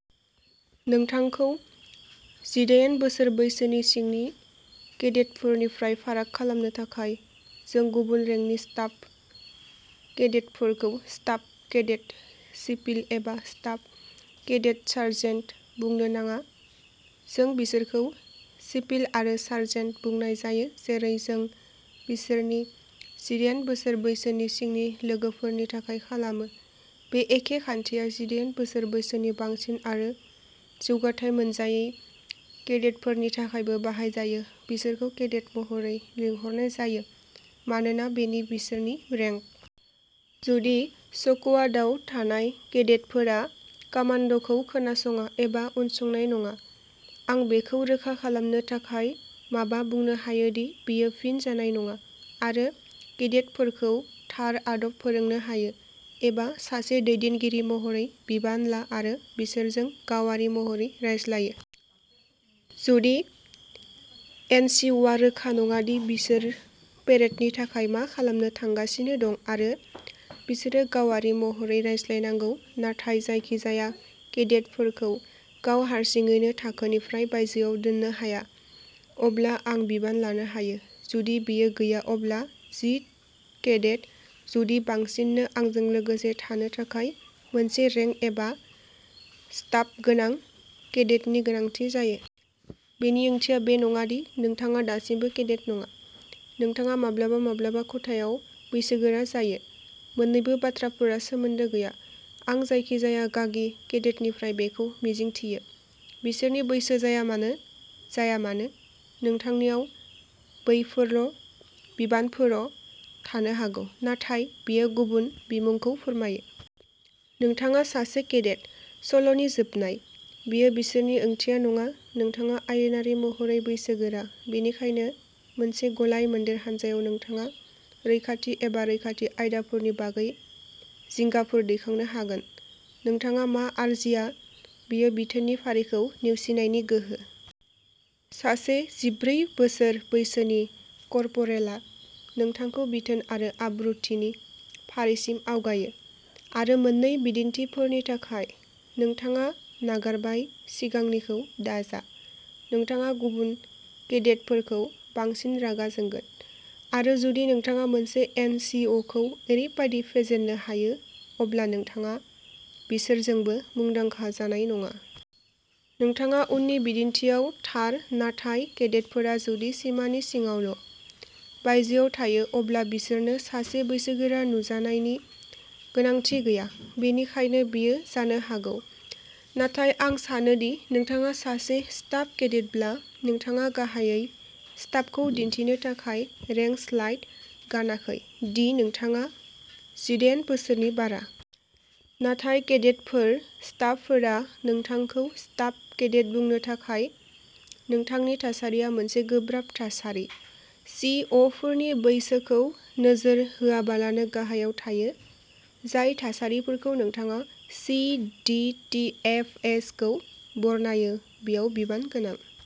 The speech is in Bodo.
नोंथांखौ जिदायेन बोसोर बैसोनि सिंनि केडेटफोरनिफ्राय फाराग खालामनो थाखाय। जों गुबुन रेंकनि स्टाफ केडेटफोरखौ स्टाफ केडेट सिपिल एबा स्टाफ केडेट सार्जेन्ट बुंनो नाङा, जों बिसोरखौ सिपिल आरो सार्जेन्ट बुंनाय जायो जेरै जों बिसोरनि जिदायेन बोसोर बैसोनि सिंनि लोगोफोरनि थाखाय खालामो, बे एखे खान्थिया जिदायेन बोसोर बैसोनि बांसिन आरो जौगाथाइ मोनजायै केडेटफोरनि थाखायबो बाहायजायो, बिसोरखौ केडेट महरै लिंहरनाय जायो मानोना बेनो बिसोरनि रेंक। जुदि स्कुवादाव थानाय केडेटफोरा कामान्ड'खौ खोनासङा एबा उनसंनाय नङा, आं बेखौ रोखा खालामनो थाखाय माबा बुंनो हायो दि बेयो फिन जानाय नङा आरो केडेटफोरखौ थार आदब फोरोंनो हायो। एबा सासे दैदेनगिरि महरै बिबान ला आरो बिसोरजों गावारि महरै रायज्लायो। जुदि एनसिअ'आ रोखा नङा दि बिसोर पेरेडनि थाखाय मा खालामनो थांगासिनो दं आरो बिसोरो गावारि महरै रायज्लायनांगौ नाथाय जायखिजाया केडेटफोरखौ गाव हारसिङैनो थाखोनिफ्राय बायजोआव दोननो हाया, अब्ला आं बिबान लानो हायो। जुदि बेयो गैया अब्ला जि केडेट, जुदि बांसिननो आंजों लोगोसे थानो थाखाय मोनसे रेंक एबा स्टाफ गोनां केडेटनि गोनांथि जायो। बेनि ओंथिया बे नङा दि नोंथाङा दासिमबो केडेट नङा। नोंथाङा माब्लाबा माब्लाबा खथायाव बैसोगोरा जायो। मोन्नैबो बाथ्राफोरा सोमोन्दो गैया। आं जायखिजाया गागि केडेटनिफ्राय बेखौ मिजिंथियो, बिसोरनि बैसो जायामानो जाया मानो। नोंथांनाव बैफोर' बिबानफोर' थानो हागौ, नाथाय बेयो गुबुन बिमुंखौ फोरमायो। नोंथाङा सासे केडेट। सल'नि जोबनाय। बेयो बिसोरनि ओंथिया नङा। नोंथाङा आयेनारि महरै बैसोगोरा, बेनिखायनो मोनसे गलाय-मोनदेर हानजायाव नोंथाङा रैखाथि एबा रैखाथि आयदाफोरनि बागै जिंगाफोर दैखांनो हागोन। नोंथाङा मा आरजिया, बेयो बिथोननि फारिखौ नेवसिनायनि गोहो। सासे जिब्रै बोसोर बैसोनि कर्परेलआ नोंथांखौ बिथोन आरो आब्रुथिनि फारिसिम आवगायो। आरो मोन्नै बिदिन्थिफोरनि थाखाय। नोंथाङा नागारबाय, सिगांनिखौ दाजा। नोंथाङा गुबुन केडेटफोरखौ बांसिन रागा जोंगोन, आरो जुदि नोंथाङा मोनसे एन सि अ खौ ओरैबायदि फेजेन्नो हायो, अब्ला नोंथाङा बिसोरजोंबो मुंदांखा जानाय नङा। नोंथाङा उननि बिदिन्थिआव थार, नाथाय केडेटफोरा जुदि सिमानि सिङावल' बायजोआव थायो अब्ला बिसोरनो सासे बैसोगोरा नुजानायनि गोनांथि गैया। बेनिखायनो बेयो जानो हागौ। नाथाय आं सानो दि नोंथाङा सासे स्टाफ केडेटब्ला नोंथाङा गाहायै स्टाफखौ दिन्थिनो थाखाय रेंक स्लाइड गानाखै दि नोंथाङा जिदायेन बोसोरनि बारा। नाथाय केडेटफोर स्टाफफोरा नोंथांखौ स्टाफ केडेट बुंनो थाखाय नोंथांनि थासारिया मोनसे गोब्राब थासारि। सि अ' फोरनि बैसोखौ नोजोर होआलाबानो गाहायाव थायो। जाय थासारिफोरखौ नोंथाङा C D T F S खौ बरनायो, बेयाव बिबान गोनां।